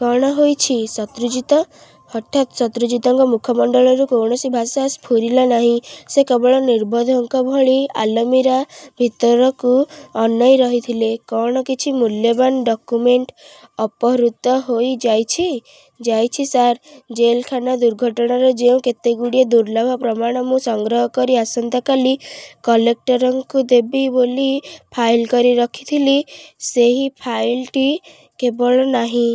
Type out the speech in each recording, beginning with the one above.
କଣ ହୋଇଛି, ଶତ୍ରୁଜିତ? ହଠାତ୍ ଶତ୍ରୁଜିତଙ୍କ ମୁଖମଣ୍ଡଳରୁ କୌଣସି ଭାଷା ସ୍ଫୁରିଲା ନାହିଁ। ସେ କେବଳ ନିର୍ବୋଧଙ୍କ ଭଳି ଆଲମିରା ଭିତରକୁ ଅନାଇ ରହିଥିଲେ। କଣ କିଛି ମୁଲ୍ୟବାନ୍ ଡକୁମେଣ୍ଟ ଅପହୃତ ହୋଇ ଯାଇଛି? ଯାଇଛି ସାର୍। ଜେଲଖାନା ଦୁର୍ଘଟଣାର ଯେଉଁ କେତେଗୁଡ଼ିଏ ଦୁର୍ଲ୍ଲଭ ପ୍ରମାଣ ମୁଁ ସଂଗ୍ରହ କରି ଆସନ୍ତା କାଲି କଲେକ୍ଟରଙ୍କୁ ଦେବି ବୋଲି ଫାଇଲ କରି ରଖିଥିଲି, ସେହି ଫାଇଲଟି କେବଳ ନାହିଁ।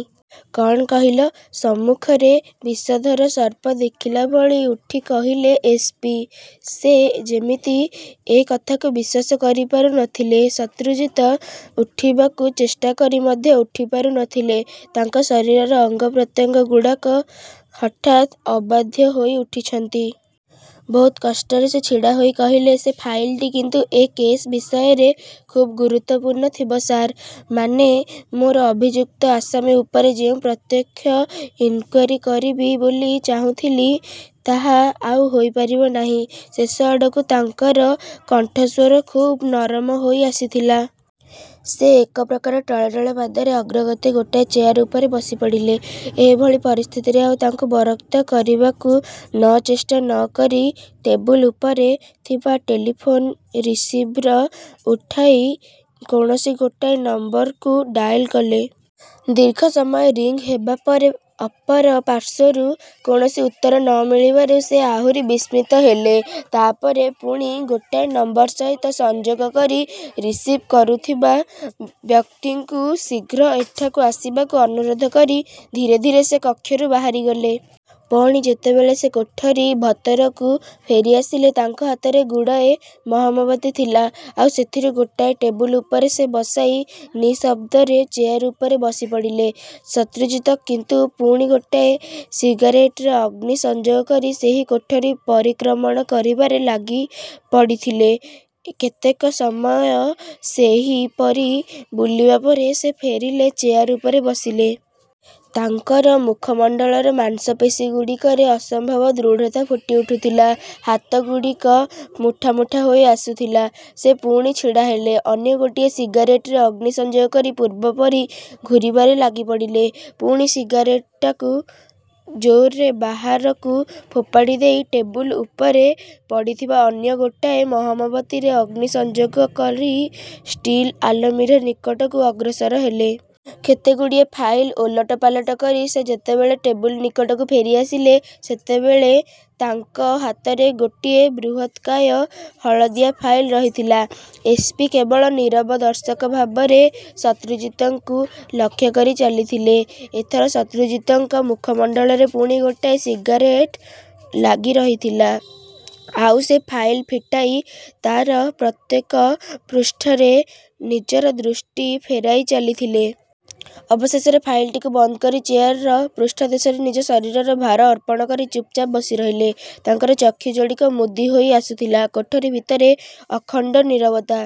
କଣ କହିଲ? ସମ୍ମୁଖରେ ବିଷଧର ସର୍ପ ଦେଖିଲା ଭଳି ଉଠି କହିଲେ ଏସ୍. ପି.। ସେ ଯେମିତି ଏ କଥାକୁ ବିଶ୍ୱାସ କରିପାରୁ ନ ଥିଲେ। ଶତ୍ରୁଜିତ ଉଠିବାକୁ ଚେଷ୍ଟା କରି ମଧ୍ୟ ଉଠିପାରୁ ନ ଥିଲେ। ତାଙ୍କ ଶରୀରର ଅଙ୍ଗପ୍ରତ୍ୟଙ୍ଗଗୁଡ଼ାକ ହଠାତ୍ ଅବାଧ୍ୟ ହୋଇ ଉଠିଛନ୍ତି। ବହୁତ କଷ୍ଟରେ ସେ ଛିଡ଼ା ହୋଇ କହିଲେ–ସେ ଫାଇଲଟି କିନ୍ତୁ ଏ କେଶ୍ ବିଷୟରେ ଖୁବ୍ ଗୁରୁତ୍ୱପୂର୍ଣ୍ଣ ଥିବ ସାର୍। ମାନେ, ମୋର ଅଭିଯୁକ୍ତ ଆସାମୀ ଉପରେ ଯେଉଁ ପ୍ରତ୍ୟକ୍ଷ ଇନକ୍ୱାରୀ କରିବି ବୋଲି ଚାହୁଁଥିଲି, ତାହା ଆଉ ହୋଇପାରିବ ନାହିଁ। ଶେଷ ଆଡ଼କୁ ତାଙ୍କର କଣ୍ଠସ୍ୱର ଖୁବ୍ ନରମ ହୋଇ ଆସି ଥିଲା। ସେ ଏକ ପ୍ରକାର ଟଳ ଟଳ ପାଦରେ ଅଗ୍ରଗତି ଗୋଟେ ଚେୟାର ଉପରେ ବସିପଡ଼ିଲେ। ଏ ଭଳି ପରିସ୍ଥିତିରେ ଆଉ ତାଙ୍କୁ ବରକ୍ତ କରିବାକୁ ନ ଚେଷ୍ଟା ନ କରି, ଟେବୁଲ ଉପରେ ଥିବା ଟେଲିଫୋନ ରିସିଭର ଉଠାଇ କୌଣସି ଗୋଟାଏ ନମ୍ବରକୁ ଡାଏଲ୍ କଲେ। ଦୀର୍ଘ ସମୟ ରିଙ୍ଗ ହେବା ପରେ ଅପର ପାର୍ଶ୍ୱରୁ କୌଣସି ଉତ୍ତର ନ ମିଳିବାରୁ ସେ ଆହୁରି ବିସ୍ମିତ ହେଲେ। ତା ପରେ ପୁଣି ଗୋଟାଏ ନମ୍ବର ସହିତ ସଂଯୋଗ କରି, ରିସିଭ୍, କରୁଥିବା ବ୍ୟକ୍ତିଙ୍କୁ ଶୀଘ୍ର ଏଠାକୁ ଆସିବାକୁ ଅନୁରୋଧ କରି ଧୀରେ ଧୀରେ ସେ କକ୍ଷରୁ ବାହାରିଗଲେ। ପଣି ଯେତେବେଳେ ସେ କୋଠରି ଭତରକୁ ଫେରି ଆସିଲେ ତାଙ୍କ ହାତରେ ଗୁଡ଼ାଏ ମହମବତୀ ଥିଲା। ଆଉ ସେଥିରୁ ଗୋଟାଏ ଟେବୁଲ ଉପରେ ସେ ବସାଇ ନିଃଶଦ୍ଦରେ ଚେୟାର ଉପରେ ବସିପଡ଼ିଲେ। ଶତ୍ରୁଜିତ କିନ୍ତୁ ପୁଣି ଗୋଟେ ସିଗାରେଟର ଅଗ୍ନି ସଂଯୋଗ କରି, ସେହି କୋଠରି ପରିକ୍ରମଣ କରିବାରେ ଲାଗିପଡ଼ିଥିଲେ କେତେକ ସମୟ ସେହିପରି ବୁଲିବା ପରେ ସେ ଫେରିଲେ ଚେୟାର ଉପରେ ବସିଲେ। ତାଙ୍କର ମୁଖମଣ୍ଡଳର ମାଂସପେଶୀଗୁଡ଼ିକରେ ଅସମ୍ଭବ ଦୃଢ଼ତା ଫୁଟି ଉଠୁଥିଲା। ହାତଗୁଡ଼ିକ ମୁଠା ମୁଠା ହୋଇ ଆସୁଥିଲା। ସେ ପୁଣି ଛିଡ଼ା ହେଲେ। ଅନ୍ୟ ଗୋଟିଏ ସିଗାରେଟରେ ଅଗ୍ନି ସଂଯୋଗ କରି ପୂର୍ବ ପରି ଘୂରିବାରେ ଲାଗିପଡ଼ିଲେ। ପୁଣି ସିଗାରେଟଟାକୁ ଜୋରରେ ବାହାରକୁ ଫୋପାଡ଼ି ଦେଇ ଟେବୁଲ ଉପରେ ପଡ଼ିଥିବା ଅନ୍ୟ ଗୋଟାଏ ମହମବତୀରେ ଅଗ୍ନିସଂଯୋଗ କରି ଷ୍ଟିଲ୍ ଆଲମିରା ନିକଟକୁ ଅଗ୍ରସର ହେଲେ। କେତେଗୁଡ଼ିଏ ଫାଇଲ୍ ଓଲଟ ପାଲଟ କରି ସେ ଯେତେବେଳେ ଟେବୁଲ ନିକଟକୁ ଫେରିଆସିଲେ, ସେତେବେଳେ ତାଙ୍କ ହାତରେ ଗୋଟିଏ ବୃହତ୍କାୟ ହଳଦିଆ ଫାଇଲ୍ ରହିଥିଲା-। ଏସ୍. ପି. କେବଳ ନୀରବ ଦର୍ଶକ ଭାବରେ ଶତ୍ରୁଜିତଙ୍କୁ ଲକ୍ଷ୍ୟ କରି ଚାଲିଥିଲେ। ଏଥର ଶତ୍ରୁଜିତଙ୍କ ମୁଖମଣ୍ଡଳରେ ପୁଣି ଗୋଟାଏ ସିଗାରେଟ ଲାଗିରହିଥିଲା, ଆଉ ସେ ଫାଇଲ୍ ଫିଟାଇ ତାର ପ୍ରତ୍ୟେକ ପୃଷ୍ଠରେ ନିଜର ଦୃଷ୍ଟି ଫେରାଇ ଚାଲିଥିଲେ। ଅବଶେଷରେ ଫାଇଲ୍ଟିକୁ ବନ୍ଦ କରି ଚେୟାରର ପୃଷ୍ଠଦେଶରେ ନିଜ ଶରୀରର ଭାର ଅର୍ପଣ କରି ଚୁପଚାପ୍ ବସିରହିଲେ। ତାଙ୍କର ଚକ୍ଷୁ ଯୋଡ଼ିକ ମୁଦି ହୋଇ ଆସୁଥିଲା। କୋଠରି ଭିତରେ ଅଖଣ୍ଡ ନୀରବତା